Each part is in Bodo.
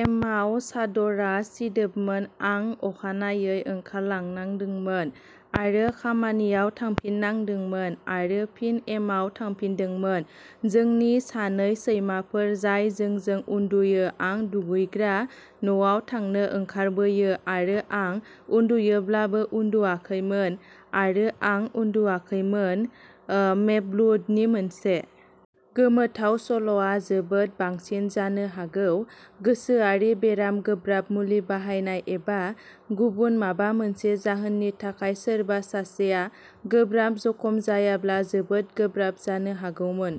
एमाव चादरा सिदोबमोन आं अखानायै ओंखारलांनांदोंमोन आरो खामानियाव थांफिननांदोंमोन आरो फिन एमाव थांफिनदोंमोन जोंनि सानै सैमाफोर जाय जोंजों उन्दुयो आं दुगैग्रा न'आव थांनो ओंखारबोयो आरो आं उन्दुयोब्लाबो उन्दुवाखैमोन आरो आं उन्दुयाखैमोन ओ मेपलवुडनि मोनसे गोमोथाव सल'आ जोबोद बांसिन जानो हागौ गोसोआरि बेराम गोब्राब मुलि बाहायनाय एबा गुबुन माबा मोनसे जाहोननि थाखाय सोरबा सासेआ गोब्राब जखम जायाब्ला जोबोद गोब्राब जानो हागौमोन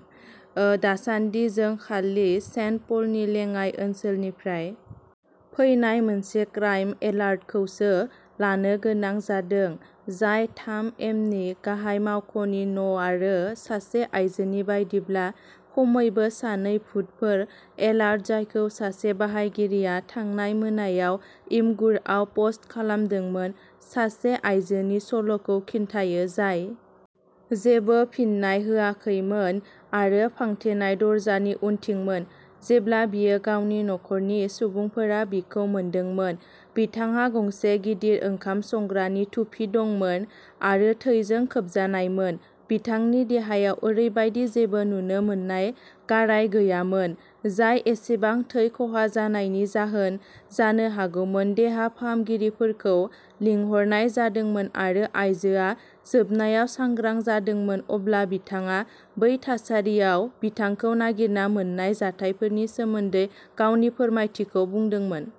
ओ दासानदि जों खालि सेन्ट पलनि लेङाइ ओनसोलनिफ्राय फैनाय मोनसे क्राइम एलार्टखौसो लानो गोनां जादों जाय थाम एमनि गाहाय मावख'नि न'आरो सासे आइजोनि बायदिब्ला खमैबो सानै भुतफोर एलार्ट जायखौ सासे बाहायगिरिया थांनाय मोनायाव इमगुरआव पस्ट खालामदोंमोन सासे आयजोनि सल'खौ खिन्थायो जाय जेबो फिन्नाय होआखैमोन आरो फांथेनाय दरजानि उनथिंमोन जेब्ला बियो गावनि नखरनि सुबुंफोरा बिखौ मोनदोंमोन बिथांहा गंसे गिदिर ओंखाम संग्रानि थुफि दंमोन आरो थैजों खोबजानायमोन बिथांनि देहायाव ओरैबायदि जेबो नुनो मोननाय गाराय गैयामोन जाय एसेबां थै खहा जानायनि जाहोन जानो हागौमोन देहा फाहामगिरिफोरखौ लिंहरनाय जादोंमोन आरो आइजोआ जोबनायाव सांग्रां जादोंमोन अब्ला बिथाङा बै थासारियाव बिथांखौ नागिरना मोन्नाय जाथायफोरनि सोमोन्दै गावनि फोरमायथिखौ बुंदोंमोन।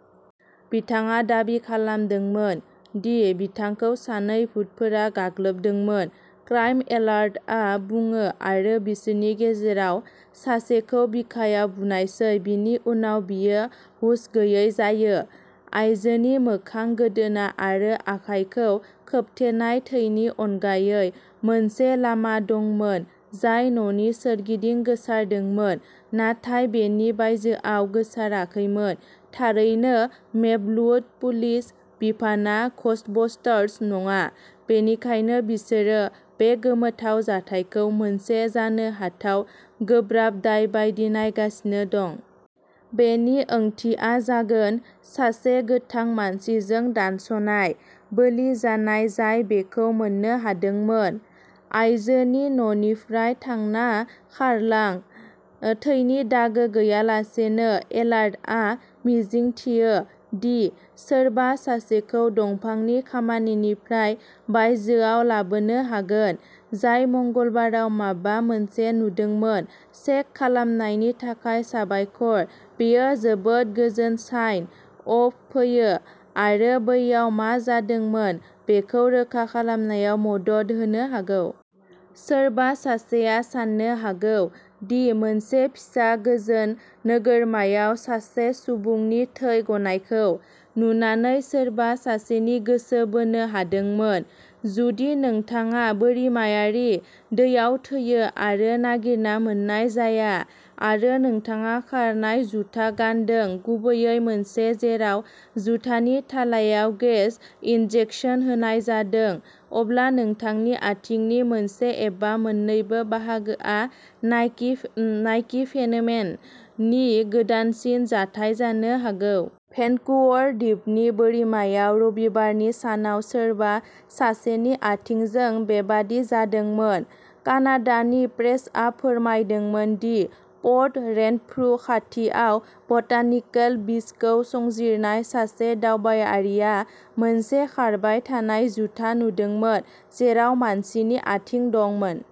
बिथाङा दाबि खालामदोंमोन दि बिथांखौ सानै भुत'फोरा गाग्लोबदोंमोन क्राइम एलार्टआ बुङो आरो बिसोरनि गेजेराव सासेखौ बिखायाव बुनायसै बिनि उनाव बियो हुस गैयै जायो आइजोनि मोखां गोदोना आरो आखाइखौ खोबथेनाय थैनि अनगायै मोनसे लामा दंमोन जाय न'नि सोरगिदिं गोसारदोंमोन नाथाय बेनि बायजोआव गोसाराखैमोन थारैनो मेपलवुड पुलिस बिफानआ घोस्टबस्टार्स नङा बेनिखायनो बिसोरो बे गोमोथाव जाथायखौ मोनसे जानो हाथाव गोब्राब दाय बायदि नायगासिनो दं। बेनि ओंथिया जागोन सासे गोथां मानसिजों दानस'नाय बोलि जानाय जाय बेखौ मोननो हादोंमोन। आयजोनि न'निफ्राय थांना खारलां थैनि दागो गैयालासेनो एलार्टआ मिजिंथियो दि सोरबा सासेखौ दंफांनि खामानिनिफ्राय बायजोआव लाबोनो हागोन जाय मंगलबाराव माबा मोनसे नुदोंमोन चेक खालामनायनि थाखाय साबायखर बेयो जोबोद गोजोन साइन अफ फैयो आरो बैयाव मा जादोंमोन बेखौ रोखा खालामनायाव मदद होनो हागौ। सोरबा सासेआ साननो हागौ दि मोनसे फिसा गोजोन नोगोरमायाव सासे सुबुंनि थै गनायखौ नुनानै सोरबा सासेनि गोसो बोनो हादोंमोन। जुदि नोंथाङा बोरिमायारि दैयाव थैयो आरो नागिरना मोन्नाय जाया आरो नोंथाङा खारनाय जुथा गानदों गुबैयै मोनसे जेराव जुथानि थालायाव गेस इनजेकसन होनाय जादों अब्ला नोंथांनि आथिंनि मोनसे एबा मोन्नैबो बाहागोआ नाइकि फेनोमेनन नि गोदानसिन जाथाय जानो हागौ। भेन्कुवर द्वीपनि बोरिमायाव रबिबारनि सानाव सोरबा सासेनि आथिंजों बेबादि जादोंमोन। कानाडानि प्रेसआ फोरमायदोंमोन दि पर्ट रेनफ्रु खाथियाव बटानिकेल बीचखौ संजिरनाय सासे दावबायारिआ मोनसे खारबाय थानाय जुथा नुदोंमोन जेराव मानसिनि आथिं दंमोन।